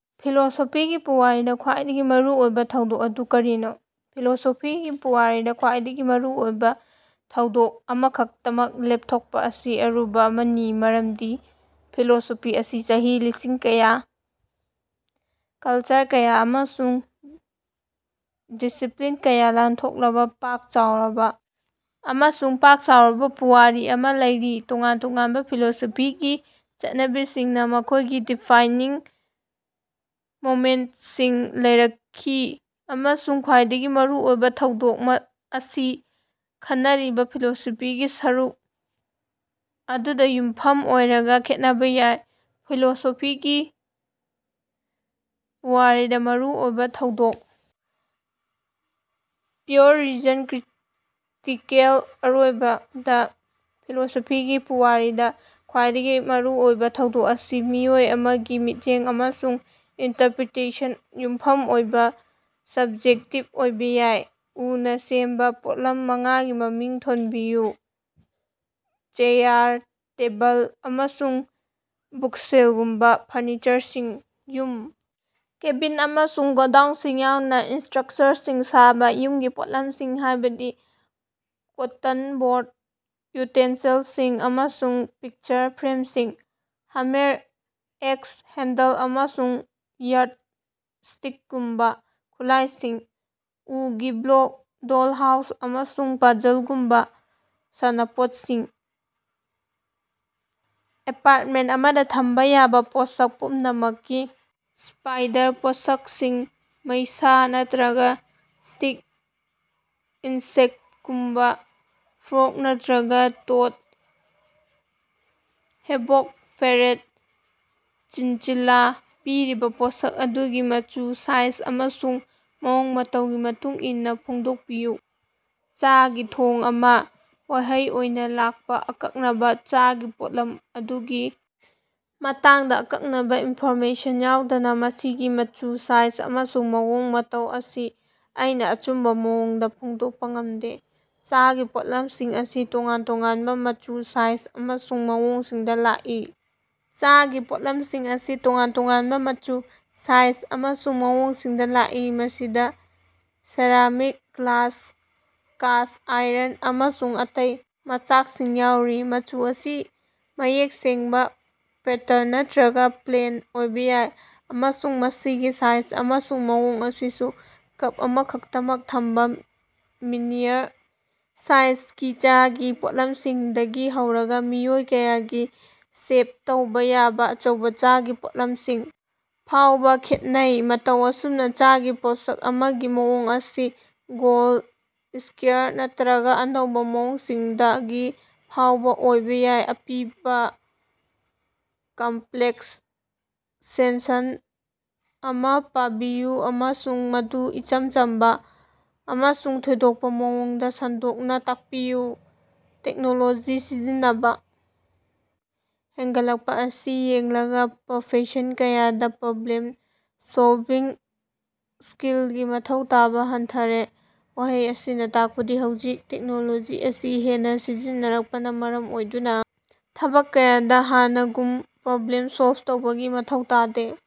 ꯐꯤꯂꯣꯁꯣꯐꯤꯒꯤ ꯄꯨꯋꯥꯔꯤꯗ ꯈ꯭ꯋꯥꯏꯗꯒꯤ ꯃꯔꯨ ꯑꯣꯏꯕ ꯊꯧꯗꯣꯛ ꯑꯗꯨ ꯀꯔꯤꯅꯣ? ꯐꯤꯂꯣꯁꯣꯐꯤꯒꯤ ꯄꯨꯋꯥꯔꯤꯗ ꯈ꯭ꯋꯥꯏꯗꯒꯤ ꯃꯔꯨ ꯑꯣꯏꯕ ꯊꯧꯗꯣꯛ ꯑꯃꯈꯛꯇꯃꯛ ꯂꯦꯞꯊꯣꯛꯄ ꯑꯁꯤ ꯑꯔꯨꯕ ꯑꯃꯅꯤ ꯃꯔꯝꯗꯤ ꯐꯤꯂꯣꯁꯣꯐꯤ ꯑꯁꯤ ꯆꯍꯤ ꯂꯤꯁꯤꯡ ꯀꯌꯥ, ꯀꯜꯆꯔ ꯀꯌꯥ ꯑꯃꯁꯨꯡ ꯗꯤꯁꯤꯞꯂꯤꯟ ꯀꯌꯥ ꯂꯥꯟꯊꯣꯛꯂꯕ ꯄꯥꯛ ꯆꯥꯎꯔꯕ ꯑꯃꯁꯨꯡ ꯄꯥꯛ ꯆꯥꯎꯔꯕ ꯄꯨꯋꯥꯔꯤ ꯑꯃꯥ ꯂꯩꯔꯤ꯫ ꯇꯣꯉꯥꯟ ꯇꯣꯉꯥꯟꯕ ꯐꯤꯂꯣꯁꯣꯐꯤꯒꯤ ꯆꯠꯅꯕꯤꯁꯤꯡꯅ ꯃꯈꯣꯏꯒꯤ ꯗꯤꯐꯥꯏꯡꯅꯤꯡ ꯃꯣꯃꯦꯟꯇꯁꯤꯡ ꯂꯩꯔꯛꯈꯤ, ꯑꯃꯁꯨꯡ "ꯈ꯭ꯋꯥꯏꯗꯒꯤ ꯃꯔꯨ ꯑꯣꯏꯕ ꯊꯧꯗꯣꯛ" ꯑꯁꯤ ꯈꯟꯅꯔꯤꯕ ꯐꯤꯂꯣꯁꯣꯐꯤꯒꯤ ꯁꯔꯨꯛ ꯑꯗꯨꯗ ꯌꯨꯝꯐꯝ ꯑꯣꯏꯔꯒ ꯈꯦꯠꯅꯕ ꯌꯥꯏ꯫ ꯐꯤꯂꯣꯁꯣꯐꯤꯒꯤ ꯄꯨꯋꯥꯔꯤꯗ ꯃꯔꯨ ꯑꯣꯏꯕ ꯊꯧꯗꯣꯛ "ꯄ꯭ꯌꯨꯔ ꯔꯤꯖꯟ ꯀ꯭ꯔꯤꯇꯤꯀꯦꯜ" ꯑꯔꯣꯏꯕꯗ, ꯐꯤꯂꯣꯁꯣꯐꯤꯒꯤ ꯄꯨꯋꯥꯔꯤꯗ ꯈ꯭ꯋꯥꯏꯗꯒꯤ ꯃꯔꯨ ꯑꯣꯏꯕ ꯊꯧꯗꯣꯛ ꯑꯁꯤ ꯃꯤꯑꯣꯏ ꯑꯃꯒꯤ ꯃꯤꯠꯌꯦꯡ ꯑꯃꯁꯨꯡ ꯏꯟꯇꯔꯄꯔꯤꯇꯦꯁꯟꯗ ꯌꯨꯝꯐꯝ ꯑꯣꯏꯕ ꯁꯕ꯭ꯖꯦꯛꯇꯤꯕ ꯑꯣꯏꯕ ꯌꯥꯏ꯫ ꯎꯅ ꯁꯦꯝꯕ ꯄꯣꯠꯂꯝ ꯃꯉꯥꯒꯤ ꯃꯃꯤꯡ ꯊꯣꯟꯕꯤꯌꯨ꯫ ꯆꯦꯌꯥꯔ, ꯇꯦꯕꯜ, ꯑꯃꯁꯨꯡ ꯕꯨꯛꯁꯦꯜꯒꯨꯝꯕꯥ ꯐꯔꯅꯤꯆꯔꯁꯤꯡ꯫ ꯌꯨꯝ, ꯀꯦꯕꯤꯟ, ꯑꯃꯁꯨꯡ ꯒꯣꯗꯥꯎꯟꯁꯤꯡ ꯌꯥꯎꯅ ꯏꯁ꯭ꯇꯔꯛꯆꯔꯁꯤꯡ ꯁꯥꯕ꯫ ꯌꯨꯝꯒꯤ ꯄꯣꯠꯂꯝꯁꯤꯡ ꯍꯥꯏꯕꯗꯤ ꯀꯣꯠꯇꯟ ꯕꯣꯔꯗ, ꯌꯨꯇꯦꯟꯁꯤꯜꯁꯤꯡ, ꯑꯃꯁꯨꯡ ꯄꯤꯛꯆꯔ ꯐ꯭ꯔꯦꯝꯁꯤꯡ꯫ ꯍꯥꯃꯦꯔ, ꯑꯦꯛꯁ ꯍꯦꯟꯗꯜ, ꯑꯃꯁꯨꯡ ꯌꯥꯔꯗꯏꯁ꯭ꯇꯤꯀꯒꯨꯝꯕ ꯈꯨꯠꯂꯥꯏꯁꯤꯡ꯫ ꯎꯒꯤ ꯕ꯭ꯂꯣꯛ, ꯗꯣꯜꯍꯥꯎꯁ, ꯑꯃꯁꯨꯡ ꯄꯥꯖꯜꯒꯨꯝꯕ ꯁꯥꯟꯅꯄꯣꯠꯁꯤꯡ꯫ ꯑꯦꯄꯥꯔꯇꯃꯦꯟꯇ ꯑꯃꯗ ꯊꯝꯕ ꯌꯥꯕ ꯄꯣꯠꯁꯛ ꯄꯨꯝꯅꯃꯛꯀꯤ ꯁ꯭ꯄꯥꯏꯗꯔ ꯄꯣꯠꯁꯛꯁꯤꯡ (ꯃꯩꯁꯥ ꯅꯠꯇ꯭ꯔꯒꯥ ꯁ꯭ꯇꯤꯛ ꯏꯟꯁꯦꯛꯇꯒꯨꯝꯕ) ꯐ꯭ꯔꯣꯒ ꯅꯠꯇ꯭ꯔꯒ ꯇꯣꯗ ꯍꯦꯕꯣꯛ ꯐꯦꯔꯦꯠ ꯆꯤꯟꯆꯤꯂꯥ꯫ ꯄꯤꯔꯤꯕ ꯄꯣꯠꯁꯛ ꯑꯗꯨꯒꯤ ꯃꯆꯨ, ꯁꯥꯏꯖ ꯑꯃꯁꯨꯡ ꯃꯑꯣꯡ ꯃꯇꯧꯒꯤ ꯃꯇꯨꯡ ꯏꯟꯅ ꯐꯣꯡꯗꯣꯛꯄꯤꯌꯨ꯫ ꯆꯥꯒꯤ ꯊꯣꯡ ꯑꯃ꯫ ꯋꯥꯍꯪ ꯑꯣꯏꯅ ꯂꯥꯛꯄ ꯑꯀꯛꯅꯕ ꯆꯥꯒꯤ ꯄꯣꯠꯂꯝ ꯑꯗꯨꯒꯤ ꯃꯇꯥꯡꯗ ꯑꯀꯛꯅꯕ ꯏꯟꯐꯣꯔꯃꯦꯁꯟ ꯌꯥꯎꯗꯅ ꯃꯁꯤꯒꯤ ꯃꯆꯨ, ꯁꯥꯏꯖ ꯑꯃꯁꯨꯡ ꯃꯑꯣꯡ ꯃꯇꯧ ꯑꯁꯤ ꯑꯩꯅ ꯑꯆꯨꯝꯕ ꯃꯑꯣꯡꯗ ꯐꯣꯡꯗꯣꯛꯄ ꯉꯝꯗꯦ꯫ ꯆꯥꯒꯤ ꯄꯣꯠꯂꯝꯁꯤꯡ ꯑꯁꯤ ꯇꯣꯉꯥꯟ ꯇꯣꯉꯥꯟꯕ ꯃꯆꯨ, ꯁꯥꯏꯖ ꯑꯃꯁꯨꯡ ꯃꯑꯣꯡꯁꯤꯡꯗ ꯂꯥꯛꯏ, ꯃꯁꯤꯗ ꯁꯦꯔꯥꯃꯤꯛ, ꯒ꯭ꯂꯥꯁ, ꯀꯥꯁ ꯑꯥꯏꯔꯟ ꯑꯃꯁꯨꯡ ꯑꯇꯩ ꯃꯆꯥꯛꯁꯤꯡ ꯌꯥꯎꯔꯤ꯫ ꯃꯆꯨ ꯑꯁꯤ ꯃꯌꯦꯛ ꯁꯦꯡꯕ, ꯄꯦꯇꯔꯟ ꯅꯠꯇ꯭ꯔꯒꯥ ꯄ꯭ꯂꯦꯟ ꯑꯣꯏꯕ ꯌꯥꯏ, ꯑꯃꯁꯨꯡ ꯃꯁꯤꯒꯤ ꯁꯥꯏꯖ ꯑꯃꯁꯨꯡ ꯃꯑꯣꯡ ꯑꯁꯤꯁꯨ ꯀꯞ ꯑꯃꯈꯛꯇꯃꯛ ꯊꯝꯕ ꯃꯤꯅꯤꯌꯔ ꯁꯥꯏꯖꯒꯤ ꯆꯥꯒꯤ ꯄꯣꯠꯂꯝꯁꯤꯡꯗꯒꯤ ꯍꯧꯔꯒꯥ ꯃꯤꯑꯣꯏ ꯀꯌꯥꯒꯤ ꯁꯦꯕ ꯇꯧꯕ ꯌꯥꯕ ꯑꯆꯧꯕ ꯆꯥꯒꯤ ꯄꯣꯠꯂꯝꯁꯤꯡ ꯐꯥꯎꯕ ꯈꯦꯠꯅꯩ꯫ ꯃꯇꯧ ꯑꯁꯨꯝꯅ ꯆꯥꯒꯤ ꯄꯣꯠꯁꯛ ꯑꯃꯒꯤ ꯃꯑꯣꯡ ꯑꯁꯤ ꯒꯣꯜꯗ, ꯏꯁ꯭ꯀꯌꯥꯔ ꯅꯠꯇ꯭ꯔꯒꯥ ꯑꯅꯧꯕ ꯃꯑꯣꯡꯁꯤꯡꯗꯒꯤ ꯐꯥꯎꯕ ꯑꯣꯏꯕ ꯌꯥꯏ꯫ ꯑꯄꯤꯕ ꯀꯝꯞꯂꯦꯛꯁ ꯁꯦꯟꯁꯟ ꯑꯃ ꯄꯥꯕꯤꯌꯨ ꯑꯃꯁꯨꯡ ꯃꯗꯨ ꯏꯆꯝ ꯆꯝꯕ ꯑꯃꯁꯨꯡ ꯊꯣꯏꯗꯣꯛꯄ ꯃꯑꯣꯡꯗ ꯁꯟꯗꯣꯛꯅ ꯇꯥꯛꯄꯤꯌꯨ꯫ ꯇꯦꯛꯅꯣꯂꯣꯖꯤ ꯁꯤꯖꯤꯟꯅꯕ ꯍꯦꯟꯒꯠꯂꯛꯄ ꯑꯁꯤ ꯌꯦꯡꯂꯒ, ꯄ꯭ꯔꯣꯐꯦꯁꯟ ꯀꯌꯥꯗ ꯄ꯭ꯔꯣꯕ꯭ꯂꯦꯝ ꯁꯣꯜꯕꯤꯡ ꯁ꯭ꯀꯤꯜꯒꯤ ꯃꯊꯧ ꯇꯥꯕ ꯍꯟꯊꯔꯦ꯫ ꯋꯥꯍꯩ ꯑꯁꯤꯅ ꯇꯥꯛꯄꯗꯤ ꯍꯧꯖꯤꯛ ꯇꯦꯛꯅꯣꯂꯣꯖꯤ ꯑꯁꯤ ꯍꯦꯟꯅ ꯁꯤꯖꯤꯟꯅꯔꯛꯄꯅ ꯃꯔꯝ ꯑꯣꯏꯗꯨꯅ ꯊꯕꯛ ꯀꯌꯥꯗ ꯍꯥꯟꯅꯒꯨꯝ ꯄ꯭ꯔꯣꯕ꯭ꯂꯦꯝ ꯁꯣꯜꯕ ꯇꯧꯕꯒꯤ ꯃꯊꯧ ꯇꯥꯗꯦ꯫